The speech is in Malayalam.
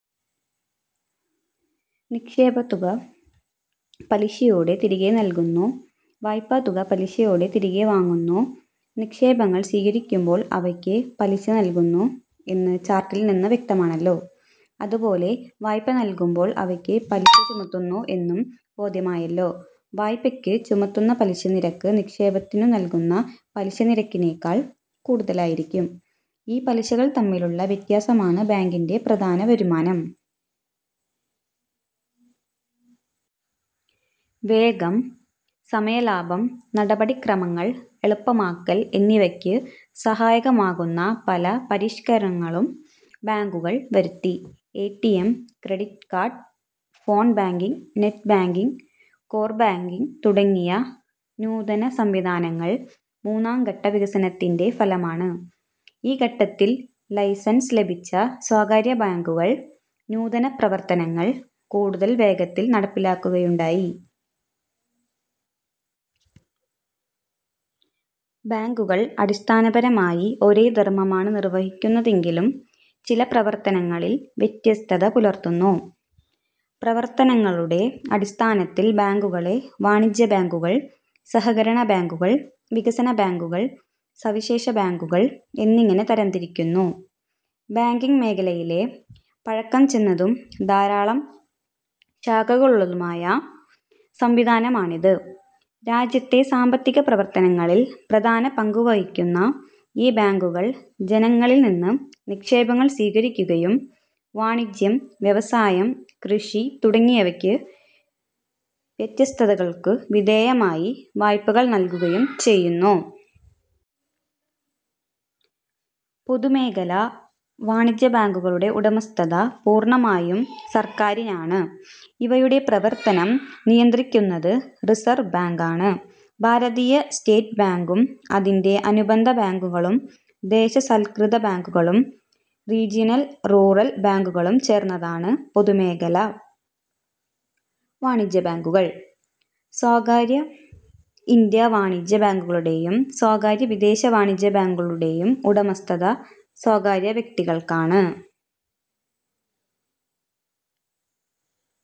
നിക്ഷേപത്തുക പലിശയോടെ തിരികെ നൽകുന്നു. വായ്പത്തുക പലിശയോടെ തിരികെ വാങ്ങുന്നു. നിക്ഷേപങ്ങൾ സ്വീകരിക്കുമ്പോൾ അവയ്ക്ക് പലിശ നൽകുന്നു എന്ന് ചാർട്ടിൽനിന്ന് വ്യക്തമാണല്ലോ. അതുപോലെ വായ്പ നൽകുമ്പോൾ അവയ്ക്ക് പലിശ ചുമത്തുന്നു എന്നും ബോധ്യമായല്ലോ. വായ്പയ്ക്ക് ചുമത്തുന്ന പലിശനിരക്ക് നിക്ഷേപത്തിനു നൽകുന്ന പലിശനിരക്കിനേക്കാൾ കൂടുതലായിരിക്കും. ഈ പലിശകൾ തമ്മിലുള്ള വ്യത്യാസമാണ് ബാങ്കിന്റെ പ്രധാന വരുമാനം. വേഗം, സമയലാഭം, നടപടിക്രമങ്ങൾ എളുപ്പമാക്കൽ എന്നിവയ്ക്ക് സഹായകമാകുന്ന പല പരിഷ്കാരങ്ങളും ബാങ്കുകൾ വരുത്തി. A. T. M, credit card, phone banking, net banking, core banking തുടങ്ങിയ നൂതനസംവിധാനങ്ങൾ മൂന്നാംഘട്ടവികസനത്തിന്റെ ഫലമാണ്. ഈ ഘട്ടത്തിൽ ലൈസൻസ് ലഭിച്ച സ്വകാര്യബാങ്കുകൾ നൂതനപ്രവർത്തനങ്ങൾ കൂടുതൽ വേഗത്തിൽ നടപ്പിലാക്കുകയുണ്ടായി. ബാങ്കുകൾ അടിസ്ഥാനപരമായി ഒരേ ധർമമാണ് നിർവഹിക്കുന്നതെങ്കിലും ചില പ്രവർത്തനങ്ങളിൽ വ്യത്യസ്തത പുലർത്തുന്നു. പ്രവർത്തനങ്ങളുടെ അടിസ്ഥാനത്തിൽ ബാങ്കുകളെ വാണിജ്യ ബാങ്കുകൾ, സഹകരണ ബാങ്കുകൾ, വികസന ബാങ്കുകൾ, സവിശേഷ ബാങ്കുകൾ എന്നിങ്ങനെ തരംതിരിക്കുന്നു. ബാങ്കിങ് മേഖലയിലെ പഴക്കം ചെന്നതും ധാരാളം ശാഖകളുള്ളതുമായ സംവിധാനമാണിത്. രാജ്യത്തെ സാമ്പത്തികപ്രവർത്തനങ്ങളിൽ പ്രധാന പങ്കു വഹിക്കുന്ന ഈ ബാങ്കുകൾ ജനങ്ങളിൽനിന്ന് നിക്ഷേപങ്ങൾ സ്വീകരിക്കുകയും വാണിജ്യം, വ്യവസായം, കൃഷി തുടങ്ങിയവയ്ക്ക് വ്യവസ്ഥകൾക്കു വിധേയമായി വായ്പകൾ നൽകുകയും ചെയ്യുന്നു. പൊതുമേഖലാ വാണിജ്യ ബാങ്കുകളുടെ ഉടമസ്ഥത പൂർണമായും സർക്കാരിനാണ്. ഇവയുടെ പ്രവർത്തനം നിയന്ത്രിക്കുന്നത് റിസർവ് ബാങ്കാണ്. ഭാരതീയ സ്റ്റേറ്റ് ബാങ്കും അതിന്റെ അനുബന്ധ ബാങ്കുകളും ദേശ സാൽകൃത ബാങ്കുകളും റീജിയണൽ റൂറൽ ബാങ്കുകളും ചേർന്നതാണ് പൊതുമേഖലാ വാണിജ്യബാങ്കുകൾ. സ്വകാര്യ ഇന്ത്യൻ വാണിജ്യ ബാങ്കുകളുടെയും സ്വകാര്യ വിദേശ വാണിജ്യബാങ്കുകളുടെയും ഉടമസ്ഥത സ്വകാര്യ വ്യക്തികൾക്കാണ്.